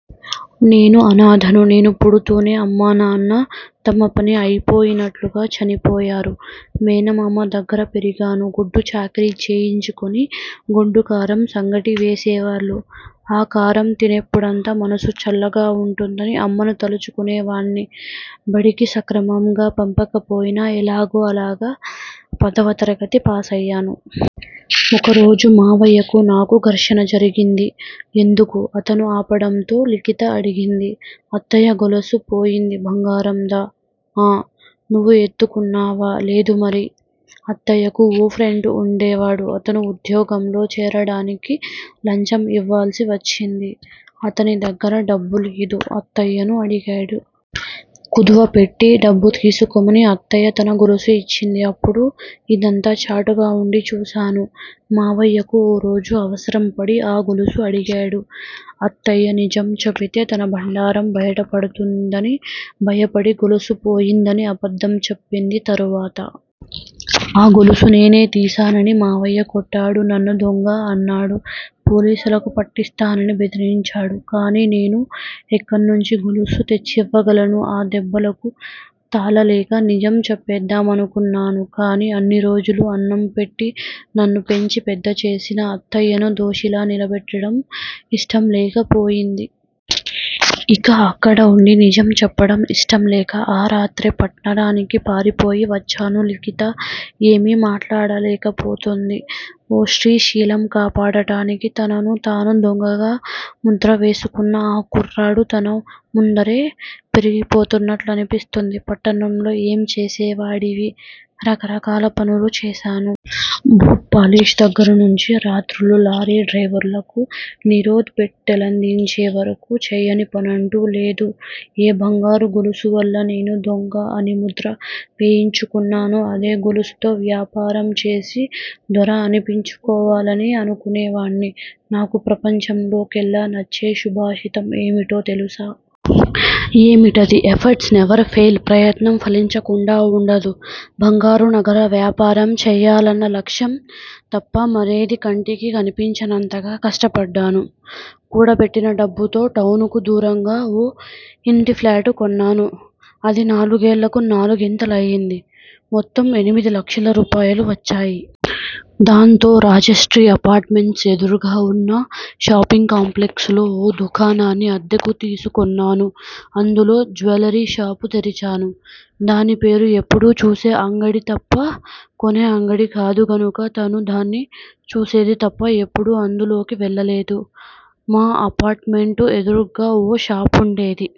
నేను అనాధను నేను పుడుతూనే అమ్మా నాన్న తమ పని అయిపోయినట్టు చనిపోయారు. మేనమామ దగ్గర పెరిగాను. గొడ్డుచాకిరీ చేయించుకుని గొడ్డుకారం, సంగటీ వేసేవాళ్ళు ఆ కారం తినేప్పుడంతా మనసు చల్లగా ఉంటుందని అమ్మను తలుచుకునే వాడ్ని బడికి సక్రమంగా పంపకపోయినా ఎలాగోలా పదవ తరగతి పాసయ్యాను. ఓరోజు మామయ్యకు, నాకూ ఘర్షణ జరిగింది ఎందుకు? అతను ఆపడంతో లిఖిత అడిగింది. అత్తయ్య గొలుసు పోయింది బంగారందా? ఆ నువ్వు ఎత్తుకున్నావా? లేదు మరి? అత్తయ్యకు ఓ ఫ్రెండ్ ఉండేవాడు. అతను ఉద్యోగంలో చేరడానికి లంచం ఇవ్వాల్సి వచ్చింది. అతని దగ్గర డబ్బులేదు! అత్తయ్యను అడిగాడు. కుదవపెట్టి డబ్బు తీసుకోమని అత్తయ్య తన గొలుసు ఇచ్చింది. అప్పుడు ఇదంతా చాటుగా ఉండి చూశాను మామయ్యకు ఓ రోజు అవసరం పడి ఆ గొలుసు అడిగాడు. అత్తయ్య నిజం చెబితే తన బండారం బయట పడుతుందని భయపడి గొలుసు పోయిందని అబద్దం చెప్పింది తరువాత? ఆ గొలుసు నేనే తీశానని మావయ్య కొట్టాడు. నన్ను దొంగ అన్నాడు. పోలీసులకు పట్టిస్తానని బెదిరించాడు. కాని నేను ఎక్కన్నుంచి గొలుసు తెచ్చివ్వగలను? ఆ దెబ్బలకు తాళలేక నిజం చెప్పేద్దామనుకున్నాను. కానీ అన్ని రోజులు అన్నం పెట్టి నన్ను పెంచి పెద్ద చేసిన అత్తయ్యను దోషిగా నిలబెట్టడం ఇష్టం లేకపోయింది. ఇక అక్కడ ఉండి నిజం చెప్పడం ఇష్టంలేక ఆ రాత్రే పట్నానికి పారిపోయి వచ్చాను లిఖిత ఏమీ మాట్లాడలేకపోతోంది. ఓ స్త్రీ శీలం కాపాడడానికి తనకు తాను దొంగగా ముద్ర వేసుకున్న ఆ కుర్రాడు తన ముందరే పెరిగిపోతున్నట్లనిపిస్తోంది. పట్నంలో ఏం చేసేవాడివి? రకరకాల పనులు చేశాను. బూట్ పాలిష్ దగ్గర్నుంచి రాత్రుళ్ళు లారీ డ్రయివర్లకు నిరోధ్ పెట్టెలందించే వరకు చేయని పనంటూ లేదు. ఏ బంగారు గొలుసువల్ల నేను దొంగ అని ముద్ర వేయించుకొన్నానో, అదే గొలుసులతో వ్యాపారం చేసి దొర అనిపించుకోవాలని అనుకునే వాడ్ని నాకు ప్రపంచంలో కెల్లా నచ్చే సుభాషితం ఏమిటో తెలుసా? ఏమిటది? ఎఫెర్ట్స్ నెవర్ ఫెయిల్' ప్రయత్నం ఫలించకుండా ఉండదు బంగారు నగల వ్యాపారం చేయాలన్న లక్ష్యం తప్ప మరేదీ కంటికి కనిపించనంతగా కష్టపడ్డాను. కూడబెట్టిన డబ్బుతో టౌనుకు దూరంగా ఓ ఇంటిప్లాటు కొన్నాను. అది నాలుగేళ్ళకు నాలుగింతలు అయింది. మొత్తం ఎనిమిది లక్షల రూపాయలు వచ్చాయి. దాంతో రాజశ్రీ అపార్ట్ మెంట్స్ ఎదురుగా ఉన్న షాపింగ్ కాంప్లెక్స్ లో ఓ దుకాణాన్ని అద్దెకు తీసుకొన్నాను. అందులో జ్యూయలరీ షాపు తెరిచాను. దాని పేరు ఎప్పుడూ చూసే అంగడి తప్ప కొనే అంగడి కాదు గనుక తనూ దాన్ని చూసేది తప్ప ఎప్పుడూ అందులోకి వెళ్ళలేదు. మా అపార్ట్ మెంట్స్ ఎదురుగ్గా ఓ షాపుండేది